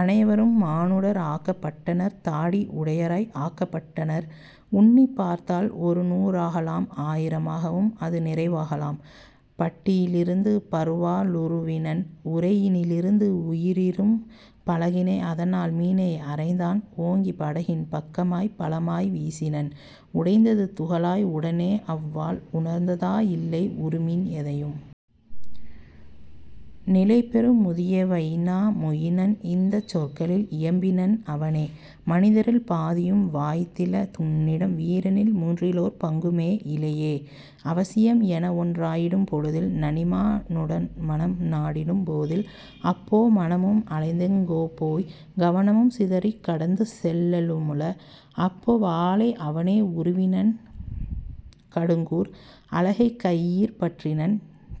"அனைவரும் மானுடர் ஆக்கப் பட்டனர் தாடி உடையராய் ஆக்கப் பட்டனர் உன்னிப் பார்த்தால் ஒருநூ றாகலாம் ஆயிர மாகவும் அதுநிறை வாகலாம். " பட்டியி லிருந்து பருவா ளுருவினன் உறையினி லிருந்து உயரிரும் பலகினை அதனால் மீனை அறைந்தான் ஓங்கி படகின் பக்கமாய்ப் பலமாய் வீசினன்: உடைந்தது துகளாய் உடனே அவ்வாள் உணர்ந்ததா யில்லை உறுமீன் எதையும். நிலைபெறும் முதிய வைனா மொயினன் இந்தச் சொற்களில் இயம்பினன் அவனே: "மனிதரில் பாதியும் வாய்த்தில துன்னிடம் வீரனில் மூன்றிலோர் பங்குமே யிலையே. அவசியம் எனஒன் றாயிடும் பொழுதில் நனிமா னுடன்மனம் நாடிடும் போதில் அப்போ மனமும் அலைந்தெங் கோபோய் கவனமும் சிதறிக் கடந்துசெல் லலுமுள. " அப்போ வாளை அவனே உருவினன் கடுங்கூர் அலகைக் கையிற் பற்றினன்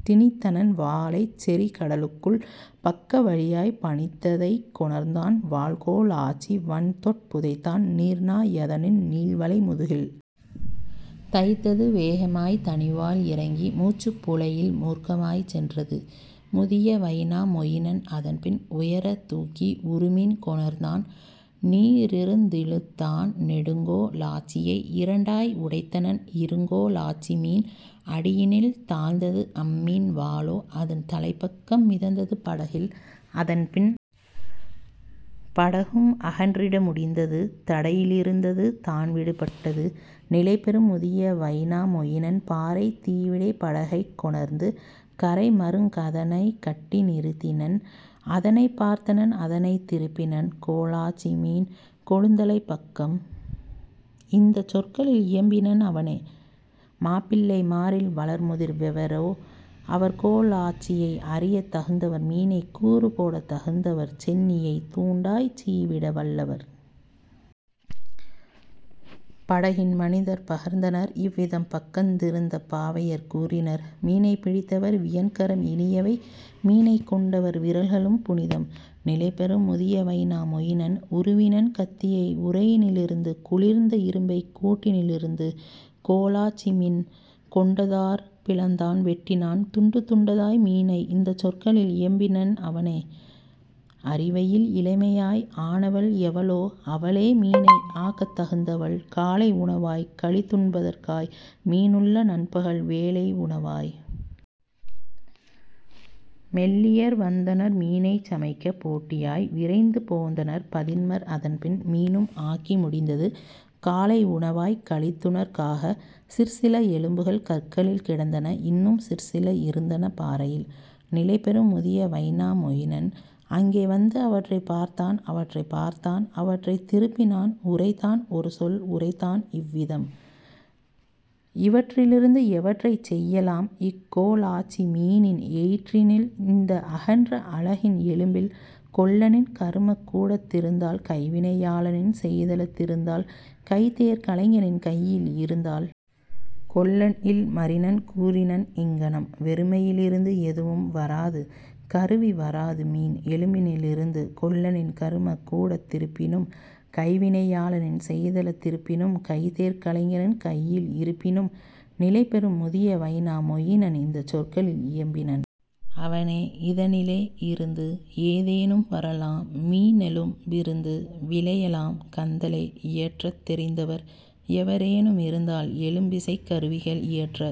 திணித்தனன் வாளைச் செறிகட லுக்குள் பக்க வழியாய்ப் பணித்ததைக் கொணர்ந்தான் வாள்கோ லாச்சி வன்தோட் புதைத்தான் நீர்நா யதனின் நீள்வளை முதுகில். தைத்தது வேகமாய்த் தனிவாள் இறங்கி மூச்சுப் புழையில் மூர்க்கமாய்ச் சென்றது; முதிய வைனா மொயினன் அதன்பின் உயரத் தூக்கி உறுமீன் கொணர்ந்தான் நீரிருந் திழுத்தான் நெடுங்கோ லாச்சியை இரண்டாய் உடைத்தனன் இருங்கோ லாச்சிமீன் அடியினில் தாழ்ந்தது அம்மீன் வாலோ அதன் தலைப்பக்கம் மிதந்தது படகில். அதன்பின் படகும் அகன்றிட முடிந்தது தடையி லிருந்தது தான்விடு பட்டது; நிலைபெறும் முதிய வைனா மொயினன் பாறைத் தீவிடைப் படகைக் கொணர்ந்து கரைமருங் கதனைக் கட்டி நிறுத்தினன் அதனைப் பார்த்தனன் அதனைத் திருப்பினன் கோலாச் சிமீன் கொழுந்தலைப் பக்கம் இந்தச் சொற்களில் இயம்பினன் அவனே: "மாப்பிள்ளை மாரில் வளர்முதிர் வெவரோ அவர்கோ லாச்சியை அரியத் தகுந்தவர் மீனைக் கூறு போடத் தகுந்தவர் சென்னியைத் துண்டாய்ச் சீவிட வல்லவர். " படகின் மனிதர் பகர்ந்தனர் இவ்விதம் பக்கத் திருந்த பாவையர் கூறினர்: "மீனைப் பிடித்தவர் வியன்கரம் இனியவை மீனைக் கொண்டவர் விரல்களும் புனிதம். " நிலைபெறும் முதிய வைனா மொயினன் உருவினன் கத்தியை உறையினி லிருந்து குளிர்ந்த இரும்பைக் கூட்டினி லிருந்து கோலாச் சிமீன் கொண்டதாற் பிளந்தான் வெட்டினன் துண்டு துண்டதாய் மீனை இந்தச் சொற்களில் இயம்பினன் அவனே: "அரிவையில் இளமையாய் ஆனவள் எவளோ அவளே மீனை ஆக்கத் தகுந்தவள் காலை உணவாய்க் களித்துண் பதற்காய் மீனுள்ள நண்பகல் வேளை உணவாய். " மெல்லியர் வந்தனர் மீனைச் சமைக்க போட்டியாய் விரைந்து போந்தனர் பதின்மர் அதன்பின் மீனும் ஆக்கி முடிந்தது காலை உணவாய்க் களித்துணற் காக; சிற்சில எலும்புகள் கற்களில் கிடந்தன இன்னும் சிற்சில இருந்தன பாறையில். நிலைபெறும் முதிய வைனா மொயினன் அங்கே வந்து அவற்றைப் பார்த்தான் அவற்றைப் பார்த்தான் அவற்றைத் திருப்பினான் உரைத்தான் ஒருசொல் உரைத்தான் இவ்விதம்: "இவற்றி லிருந்து எவற்றைச் செய்யலாம் இக்கோ லாச்சி மீனின் எயிற்றினில் இந்த அகன்ற அலகின் எலும்பில் கொல்லனின் கருமக் கூடத் திருந்தால் கைவினை யாளனின் செய்தலத் திருந்தால் கைதேர் கலைஞனின் கையில் இருந்தால்? " கொல்லன்இல் மரினன் கூறினன் இங்ஙனம்: "வெறுமையி லிருந்து எதுவும் வராது கருவி வராதுமீன் எலும்பினி லிருந்து கொல்லனின் கருமக் கூடத் திருப்பினும் கைவினை யாளனின் செய்தலத் திருப்பினும் கைதேர் கலைஞனின் கையில் இருப்பினும். " நிலைபெறும் முதிய வைனா மொயினன் இந்தச் சொற்களில் இயம்பினன் அவனே: "இதனிலே யிருந்து ஏதேனும் வரலாம் மீனெலும் பிருந்து விளையலாம் கந்தலே இயற்றத் தெரிந்தவர் எவரெனு மிருந்தால் எலும்பிசைக் கருவிகள் இயற்ற